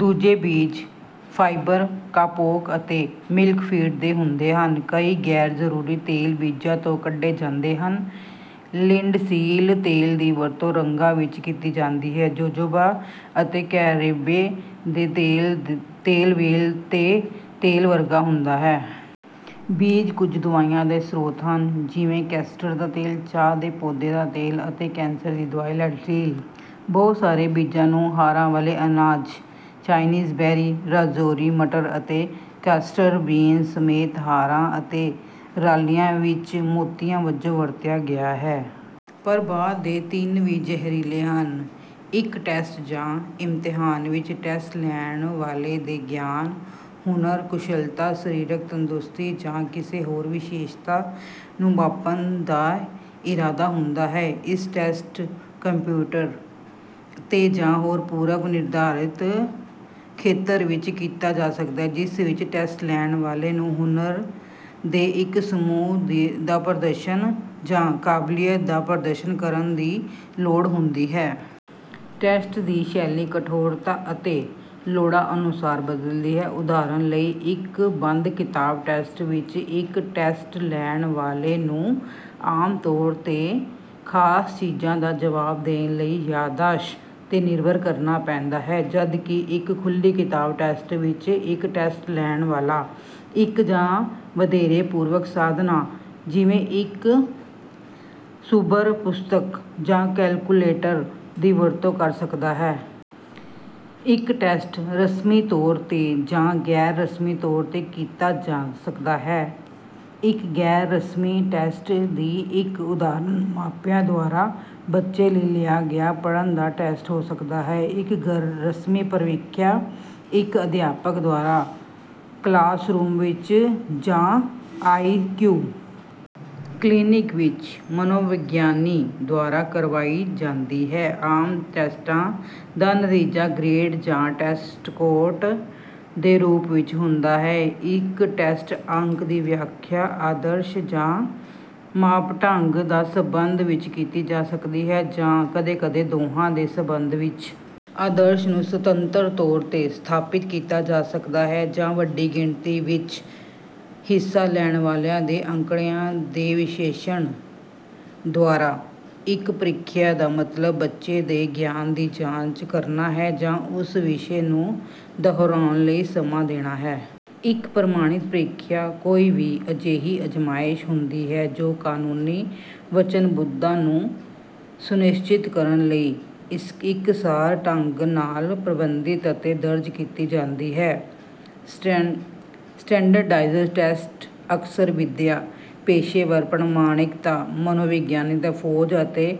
ਦੂਜੇ ਬੀਜ fibre kapok ਅਤੇ ਮਿਲਕਵੀਡ ਦੇ ਹੁੰਦੇ ਹਨ। ਕਈ ਗੈਰ-ਜ਼ਰੂਰੀ ਤੇਲ ਬੀਜਾਂ ਤੋਂ ਕੱਢੇ ਜਾਂਦੇ ਹਨ। ਲਿਨਸੀਡ ਤੇਲ ਦੀ ਵਰਤੋਂ ਰੰਗਾਂ ਵਿੱਚ ਕੀਤੀ ਜਾਂਦੀ ਹੈ। ਜੋਜੋਬਾ ਅਤੇ ਕਰੈਂਬੇ ਤੋਂ ਤੇਲ ਵ੍ਹੇਲ ਦੇ ਤੇਲ ਵਰਗਾ ਹੁੰਦਾ ਹੈ। ਬੀਜ ਕੁਝ ਦਵਾਈਆਂ ਦਾ ਸਰੋਤ ਹਨ, ਜਿਵੇਂ ਕਿ ਕੈਸਟਰ ਦਾ ਤੇਲ, ਚਾਹ ਦੇ ਪੌਦੇ ਦਾ ਤੇਲ ਅਤੇ ਕੈਂਸਰ ਦੀ ਦਵਾਈ ਲੈਟ੍ਰੀਲ। ਬਹੁਤ ਸਾਰੇ ਬੀਜਾਂ ਨੂੰ ਹਾਰਾਂ ਵਾਲੇ ਅਨਾਜ, ਚਾਈਨੀਬੇਰੀ, ਰੋਜ਼ਰੀ ਮਟਰ ਅਤੇ ਕਾਸਟਰ ਬੀਨ ਸਮੇਤ ਹਾਰਾਂ ਅਤੇ ਰਾਲੀਆਂ ਵਿੱਚ ਮੋਤੀਆਂ ਵਜੋਂ ਵਰਤਿਆ ਗਿਆ ਹੈ। ਪਰ, ਬਾਅਦ ਦੇ ਤਿੰਨ ਵੀ ਜ਼ਹਿਰੀਲੇ ਹਨ। ਇੱਕ ਟੈਸਟ ਜਾਂ ਇਮਤਿਹਾਨ ਵਿੱਚ ਟੈਸਟ-ਲੈਣ ਵਾਲੇ ਦੇ ਗਿਆਨ, ਹੁਨਰ, ਕੁਸ਼ਲਤਾ, ਸਰੀਰਕ ਤੰਦਰੁਸਤੀ ਜਾਂ ਕਿਸੇ ਹੋਰ ਵਿਸ਼ੇਸ਼ਤਾ ਨੂੰ ਮਾਪਣ ਦਾ ਇਰਾਦਾ ਹੁੰਦਾ ਹੈ। ਇੱਕ ਟੈਸਟ ਕੰਪਿਊਟਰ ’ਤੇ ਜਾਂ ਪੂਰਵ-ਨਿਰਧਾਰਤ ਖੇਤਰ ਵਿੱਚ ਕੀਤਾ ਜਾ ਸਕਦਾ ਹੈ, ਜਿਸ ਵਿੱਚ ਟੈਸਟ-ਲੈਣ ਵਾਲੇ ਨੂੰ ਹੁਨਰ ਦੇ ਇੱਕ ਸਮੂਹ ਦਾ ਪ੍ਰਦਰਸ਼ਨ ਜਾਂ ਕਾਬਲੀਅਤ ਦਾ ਪ੍ਰਦਰਸ਼ਨ ਕਰਨ ਦੀ ਲੋੜ ਹੁੰਦੀ ਹੈ। ਟੈਸਟ ਦੀ ਸ਼ੈਲੀ, ਕਠੋਰਤਾ ਅਤੇ ਲੋੜਾਂ ਅਨੁਸਾਰ ਬਦਲਦੀ ਹੈ। ਉਦਾਹਰਨ ਲਈ, ਇੱਕ ਬੰਦ-ਕਿਤਾਬ ਟੈਸਟ ਵਿੱਚ, ਇੱਕ ਟੈਸਟ-ਲੈਣ ਵਾਲੇ ਨੂੰ ਆਮ ਤੌਰ ’ਤੇ ਖਾਸ ਚੀਜ਼ਾਂ ਦਾ ਜਵਾਬ ਦੇਣ ਲਈ ਯਾਦਦਾਸ਼ਤ ’ਤੇ ਨਿਰਭਰ ਕਰਨਾ ਪੈਂਦਾ ਹੈ, ਜਦਕਿ ਇੱਕ ਖੁੱਲ੍ਹੀ-ਕਿਤਾਬ ਟੈਸਟ ਵਿੱਚ, ਇੱਕ ਟੈਸਟ-ਲੈਣ ਵਾਲਾ ਇੱਕ ਜਾਂ ਵਧੇਰੇ ਪੂਰਕ ਸਾਧਨਾਂ, ਜਿਵੇਂ ਕਿ ਇੱਕ ਸੰਦਰਭ ਪੁਸਤਕ ਜਾਂ ਕੈਲਕੁਲੇਟਰ, ਦੀ ਵਰਤੋਂ ਕਰ ਸਕਦਾ ਹੈ। ਇੱਕ ਟੈਸਟ ਰਸਮੀ ਤੌਰ ’ਤੇ ਜਾਂ ਗੈਰ-ਰਸਮੀ ਤੌਰ ’ਤੇ ਕੀਤਾ ਜਾ ਸਕਦਾ ਹੈ। ਇੱਕ ਗੈਰ-ਰਸਮੀ ਟੈਸਟ ਦੀ ਇੱਕ ਉਦਾਹਰਨ ਮਾਪਿਆਂ ਦੁਆਰਾ ਬੱਚੇ ਲਈ ਲਿਆ ਗਿਆ ਪੜ੍ਹਨ ਦਾ ਟੈਸਟ ਹੋ ਸਕਦਾ ਹੈ। ਇੱਕ ਰਸਮੀ ਪ੍ਰੀਖਿਆ ਇੱਕ ਅਧਿਆਪਕ ਦੁਆਰਾ ਕਲਾਸਰੂਮ ਵਿੱਚ ਜਾਂ ਆਈ.ਕਿਊ. ਕਲੀਨਿਕ ਵਿੱਚ ਮਨੋਵਿਗਿਆਨੀ ਦੁਆਰਾ ਕਰਵਾਈ ਜਾਂਦੀ ਹੈ। ਆਮ ਟੈਸਟਾਂ ਦਾ ਨਤੀਜਾ ਗ੍ਰੇਡ ਜਾਂ ਟੈਸਟ ਸਕੋਰ ਦੇ ਰੂਪ ਵਿੱਚ ਹੁੰਦਾ ਹੈ। ਇੱਕ ਟੈਸਟ ਅੰਕ ਦੀ ਵਿਆਖਿਆ ਆਦਰਸ਼ ਜਾਂ ਮਾਪਦੰਡ ਦੇ ਸਬੰਧ ਵਿੱਚ ਕੀਤੀ ਜਾ ਸਕਦੀ ਹੈ, ਜਾਂ ਕਦੇ-ਕਦੇ ਦੋਹਾਂ ਦੇ ਸਬੰਧ ਵਿੱਚ। ਆਦਰਸ਼ ਨੂੰ ਸੁਤੰਤਰ ਤੌਰ ’ਤੇ ਸਥਾਪਿਤ ਕੀਤਾ ਜਾ ਸਕਦਾ ਹੈ, ਜਾਂ ਵੱਡੀ ਗਿਣਤੀ ਵਿੱਚ ਹਿੱਸਾ ਲੈਣ ਵਾਲਿਆਂ ਦੇ ਅੰਕੜਿਆਂ ਦੇ ਵਿਸ਼ਲੇਸ਼ਣ ਦੁਆਰਾ। ਇੱਕ ਪ੍ਰੀਖਿਆ ਦਾ ਮਤਲਬ ਬੱਚੇ ਦੇ ਗਿਆਨ ਦੀ ਜਾਂਚ ਕਰਨਾ ਹੈ ਜਾਂ ਉਸ ਵਿਸ਼ੇ ਨੂੰ ਦੁਹਰਾਉਣ ਲਈ ਸਮਾਂ ਦੇਣਾ ਹੈ। ਇੱਕ ਪ੍ਰਮਾਣਿਤ ਪ੍ਰੀਖਿਆ ਕੋਈ ਵੀ ਅਜਿਹੀ ਅਜ਼ਮਾਇਸ਼ ਹੁੰਦੀ ਹੈ ਜੋ ਕਾਨੂੰਨੀ ਵਚਨਬੱਧਤਾ ਨੂੰ ਸੁਨਿਸ਼ਚਿਤ ਕਰਨ ਲਈ ਇਕਸਾਰ ਢੰਗ ਨਾਲ ਪ੍ਰਬੰਧਿਤ ਅਤੇ ਦਰਜ ਕੀਤੀ ਜਾਂਦੀ ਹੈ। ਸਟੈਂਡਰਡਾਈਜ਼ਡ ਟੈਸਟ ਅਕਸਰ ਵਿਦਿਆ, ਪੇਸ਼ੇਵਰ ਪ੍ਰਮਾਣਿਕਤਾ, ਮਨੋਵਿਗਿਆਨ, ਫੌਜ ਅਤੇ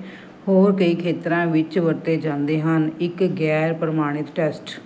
ਹੋਰ ਕਈ ਖੇਤਰਾਂ ਵਿੱਚ ਵਰਤੇ ਜਾਂਦੇ ਹਨ। ਇੱਕ ਗੈਰ-ਪ੍ਰਮਾਣਿਤ ਟੈਸਟ…